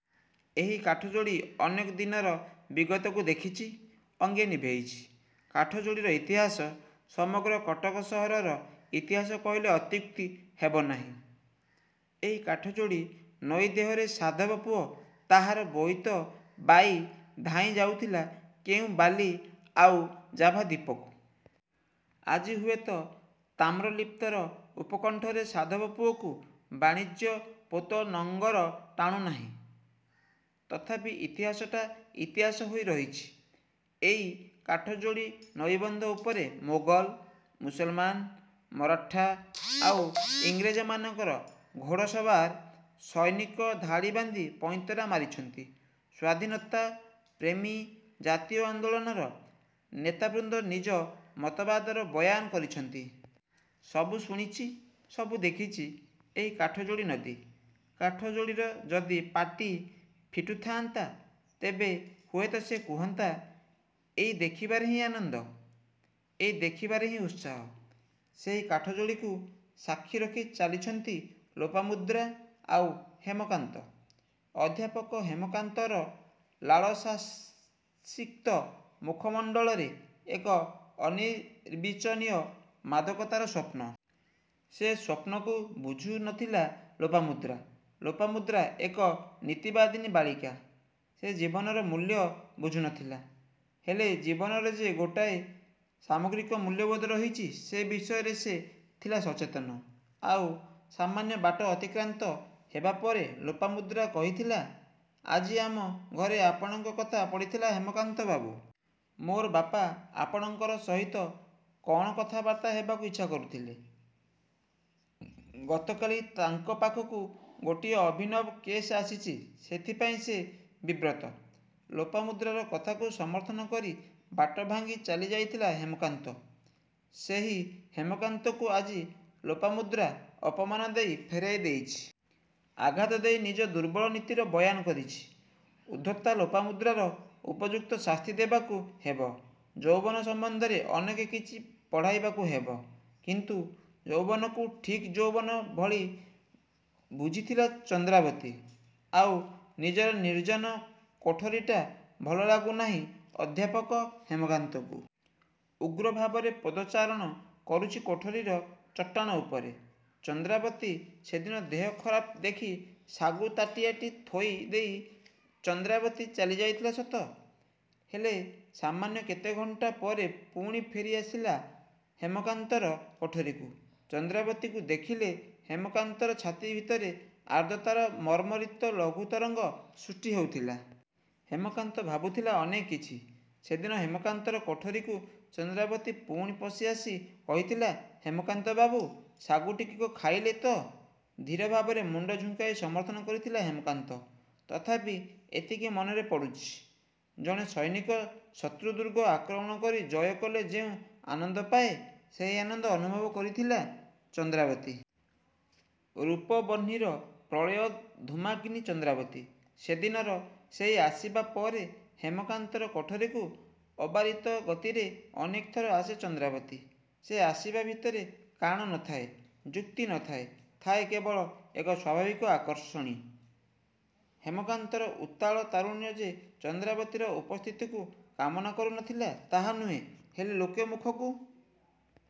ଏଇ କାଠଯୋଡ଼ି ଅନେକ ଦିନର ବିଗତକୁ ଦେଖିଛି, ଅଙ୍ଗେ ନିଭେଇଛି। କାଠଯୋଡ଼ିର ଇତିହାସ, ସମଗ୍ର କଟକ ସହରର ଇତିହାସ କହିଲେ ଅତ୍ୟୁକ୍ତି ହେବନାହିଁ। ଏଇ କାଠଯୋଡ଼ି ନଈ ଦେହରେ ସାଧବ ପୁଅ ତାହାର ବୋଇତ ବାଇ ଧାଇଁ ଯାଉଥିଲା କେଉଁ ବାଲି ଆଉ ଜାଭା ଦ୍ୱୀପକୁ। ଆଜି ହୁଏତ ତାମ୍ରଲିପ୍ତର ଉପକଣ୍ଠରେ ସାଧବ ପୁଅକୁ ବାଣିଜ୍ୟ ପୋତ ନଙ୍ଗର ଟାଣୁନାହିଁ। ତଥାପି ଇତିହାସଟା ଇତିହାସ ହୋଇ ରହିଛି। ଏଇ କାଠଯୋଡ଼ି ନଇବନ୍ଧ ଉପରେ ମୋଗଲ, ମୁସଲମାନ୍, ମରଠା ଆଉ ଇଂରେଜୀମାନଙ୍କର ଘୋଡ଼ ସବାର ସୈନିକ ଧାଡ଼ି ବାନ୍ଧି ପଇଁତରା ମାରିଛନ୍ତି। ସ୍ୱାଧୀନତା ପ୍ରେମୀ ଜାତୀୟ ଆନ୍ଦୋଳନର ନେତାବୃନ୍ଦ ନିଜ ମତବାଦର ବୟାନ କରିଛନ୍ତି। ସବୁ ଶୁଣିଛି ସବୁ ଦେଖିଛି ଏଇ କାଠଯୋଡ଼ି ନଦୀ। କାଠଯୋଡ଼ିର ଯଦି ପାଟି ଫିଟୁଥାଆନ୍ତା-ତେବେ ହୁଏତ ସେ କୁହନ୍ତା, ଏଇ ଦେଖିବାରେ ହିଁ ଆନନ୍ଦ। ଏଇ ଦେଖିବାରେ ହିଁ ଉତ୍ସାହ। ସେହି କାଠଯୋଡ଼ିକୁ ସାକ୍ଷୀ ରଖି ଚାଲିଛନ୍ତି ଲୋପାମୁଦ୍ରା ଆଉ ହେମକାନ୍ତ। ଅଧ୍ୟାପକ ହେମକାନ୍ତର ଲାଳସାସିକ୍ତ ମୁଖମଣ୍ଡଳରେ ଏକ ଅନିର୍ବିଚନୀୟ ମାଦକତାର ସ୍ୱପ୍ନ। ସେ ସ୍ୱପ୍ନକୁ ବୁଝୁନଥିଲା ଲୋପାମୁଦ୍ରା। ଲୋପାମୁଦ୍ରା ଏକ ନୀତିବାଦିନୀ ବାଳିକା। ସେ ଜୀବନର ମୂଲ୍ୟ ବୁଝୁ ନ ଥିଲା। ହେଲେ ଜୀବନର ଯେ ଗୋଟାଏ ସାମଗ୍ରୀକ ମୂଲ୍ୟବୋଧ ରହିଛି-ସେ ବିଷୟରେ ସେ ଥିଲା ସଚେତନ। ଆଉ ସାମାନ୍ୟ ବାଟ ଅତିକ୍ରାନ୍ତ ହେବା ପରେ ଲୋପାମୁଦ୍ରା କହିଥିଲା-''ଆଜି ଆମ ଘରେ ଆପଣଙ୍କ କଥା ପଡ଼ିଥିଲା ହେମକାନ୍ତ ବାବୁ! ମୋର ବାପା ଆପଣଙ୍କର ସହିତ କ'ଣ କଥାବାର୍ତ୍ତା ହେବାକୁ ଇଚ୍ଛା କରୁଥିଲେ। ଗତ କାଲି ତାଙ୍କ ପାଖକୁ ଗୋଟିଏ ଅଭିନବ କେସ୍ ଆସିଛି ସେଥିପାଇଁ ସେ ବିବ୍ରତ। '' ଲୋପାମୁଦ୍ରାର କଥାକୁ ସମର୍ଥନ କରି ବାଟ ଭାଙ୍ଗି ଚାଲିଯାଇଥିଲା ହେମକାନ୍ତ। ସେହି ହେମକାନ୍ତକୁ ଆଜି ଲୋପାମୁଦ୍ରା ଅପମାନ ଦେଇ ଫେରାଇ ଦେଇଛି। ଆଘାତ ଦେଇ ନିଜ ଦୁର୍ବଳ ନୀତିର ବୟାନ କରିଛି। ଉଦ୍ଧତା ଲୋପାମୁଦ୍ରାର ଉପଯୁକ୍ତ ଶାସ୍ତି ଦେବାକୁ ହେବ-। ଯୌବନ ସମ୍ବନ୍ଧରେ ଅନେକ କିଛି ପଢ଼ାଇବାକୁ ହେବ। କିନ୍ତୁ ଯୌବନକୁ ଠିକ୍ ଯୌବନ ଭଳି ବୁଝିଥିଲା ଚନ୍ଦ୍ରାବତୀ। ଆଉ ନିଜର ନିର୍ଜନ କୋଠରୀଟା ଭଲ ଲାଗୁନାହିଁ ଅଧ୍ୟାପକ ହେମକାନ୍ତକୁ। ଉଗ୍ର ଭାବରେ ପଦଚାରଣ କରୁଛି କୋଠରୀର ଚଟାଣ ଉପରେ। ଚନ୍ଦ୍ରାବତୀ ସେଦିନ ଦେହ ଖରାପ ଦେଖି ସାଗୁ ତାଟିଆଟି ଥୋଇ ଦେଇ ଚନ୍ଦ୍ରାବତୀ ଚାଲିଯାଇଥିଲା ସତ, ହେଲେ ସାମାନ୍ୟ କେତେ ଘଣ୍ଟା ପରେ ପୁଣି ଫେରି ଆସିଥିଲା ହେମକାନ୍ତର କୋଠରୀକୁ। ଚନ୍ଦ୍ରାବତୀକୁ ଦେଖିଲେ ହେମକାନ୍ତର ଛାତି ଭିତରେ ଆର୍ଦ୍ରତାର ମର୍ମରିତ ଲଘୁତରଙ୍ଗ ସୃଷ୍ଟି ହେଉଥିଲା। ହେମକାନ୍ତ ଭାବୁଥିଲା ଅନେକ କିଛି। ସେଦିନ ହେମାକନ୍ତର କୋଠରୀକୁ ଚନ୍ଦ୍ରାବତୀ ପୁଣି ପଶି ଆସି କହିଥିଲା-ହେମକାନ୍ତ ବାବୁ! ସାଗୁ ଟିକକ ଖାଇଲେ ତ? ଧୀର ଭାବରେ ମୁଣ୍ଡ ଝୁଙ୍କାଇ ସମର୍ଥନ କରିଥିଲା ହେମକାନ୍ତ। ତଥାପି ଏତିକି ମନରେ ପଡ଼ୁଛି। ଜଣେ ସୈନିକ ଶତ୍ରୁ ଦୁର୍ଗ ଆକ୍ରମଣ କରି ଜୟ କଲେ ଯେଉଁ ଆନନ୍ଦ ପାଏ, ସେହି ଆନନ୍ଦ ଅନୁଭବ କରିଥିଲା ଚନ୍ଦ୍ରାବତୀ। ରୂପବହ୍ନିର ପ୍ରଳୟ ଧୂମାଗ୍ନି ଚନ୍ଦ୍ରାବତୀ। ସେଦିନର ସେହି ଆସିବା ପରେ ହେମକାନ୍ତର କୋଠରୀକୁ ଅବାରିତ ଗତିରେ ଅନେକ ଥର ଆସେ ବନ୍ଦ୍ରାବତୀ। ସେ ଆସିବା ଭିତରେ କାରଣ ନ ଥାଏ, ଯୁକ୍ତି ନ ଥାଏ। ଥାଏ କେବଳ ଏକ ସ୍ୱାଭାବିକ ଆକର୍ଷଣୀ। ହେମକାନ୍ତର ଉତ୍ତାଳ ତାରୁଣ୍ୟ ଯେ ଚନ୍ଦ୍ରାବତୀର ଉପସ୍ଥିତିକୁ କାମନା କରୁ ନ ଥିଲା, ତାହା ନୁହେଁ। ହେଲେ ଲୋକ ମୁଖକୁ